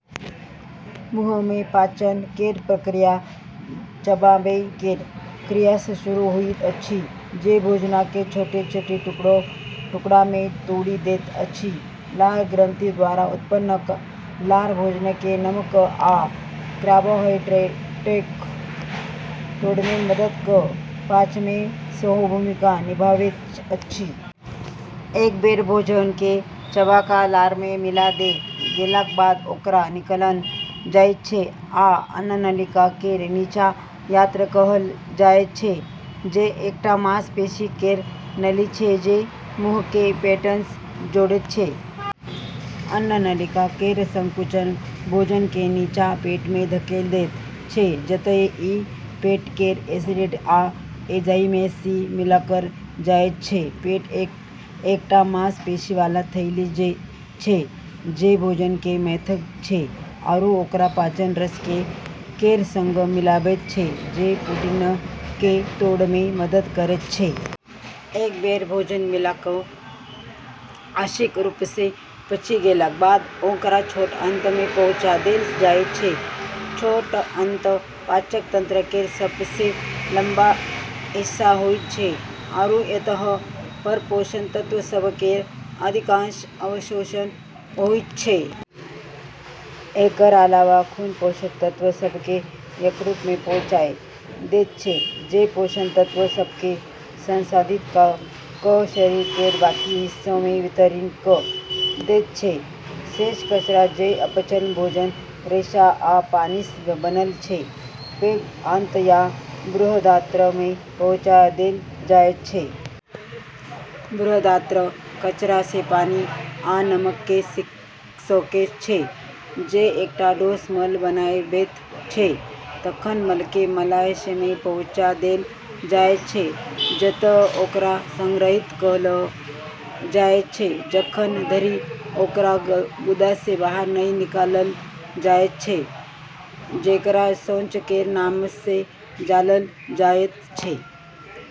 मुँहमे पाचन केर प्रक्रिया चबाबै केर क्रियासँ शुरू होइत अछि, जे भोजनकेँ छोट-छोट टुकड़ामे तोड़ि दैत अछि। लार ग्रंथि द्वारा उत्पन्न लार भोजनकेँ नम कऽ आ कार्बोहाइड्रेटकेँ तोड़ैमे मदद कऽ पाचनमे सेहो भूमिका निभाबैत अछि। एक बेर भोजनकेँ चबा कऽ लारमे मिला देल गेलाक बाद ओकरा निकलन जाइत छै आ अन्ननलिका केर नीचाँ यात्रा कएल जाइत छै, जे एकटा मांसपेशी केर नली छै जे मुँहकेँ पेटन जोड़ैत छै। अन्ननलिका केर संकुचन भोजनकेँ नीचाँ पेटमे धकेल दैत छै, जतए ई पेट केर एसिड आ एंजाइमसँ मिलायल जाइत छै। पेट एकटा मांसपेशीवाला थैली छै जे भोजनकेँ मथैत छै आरू ओकरा पाचन रस केर संग मिलाबैत छै जे प्रोटीनकेँ तोड़ैमे मदद करैत छै। एक बेर भोजन मिला कऽ आंशिक रूपसँ पचि गेलाक बाद ओकरा छोट आंतमे पहुँचा देल जाइत छै। छोट आंत पाचन तंत्र केर सबसँ लम्बा हिस्सा होइत छै आरू एतए पर पोषक तत्व सभ केर अधिकांश अवशोषण होइत छै। एकर अलावा खून पोषक तत्व सभकेँ यकृतमे पहुँचाए दैत छै, जे पोषण तत्व सभकेँ संसाधित कऽ कऽ शरीर केर बाकी हिस्सामे वितरित कऽ दैत छै। शेष कचरा, जे अपचल भोजन, रेशा आ पानीसँ बनल छै, पैघ आंत या बृहदात्रमे पहुँचा देल जाइत छै। बृहदात्र कचरासँ पानी आ नमककेँ सोखैत छै, जे एकटा डोस मल बनाबैत छै। तखन मलकेँ मलाशयमे पहुँचा देल जाइत छै, जतए ओकरा संग्रहित क ल जाइत छै, जखन धरि ओकरा गुदासँ बाहर नहि निकालल जाइत छै, जेकरा शौच केर नामसँ जानल जाइत छै।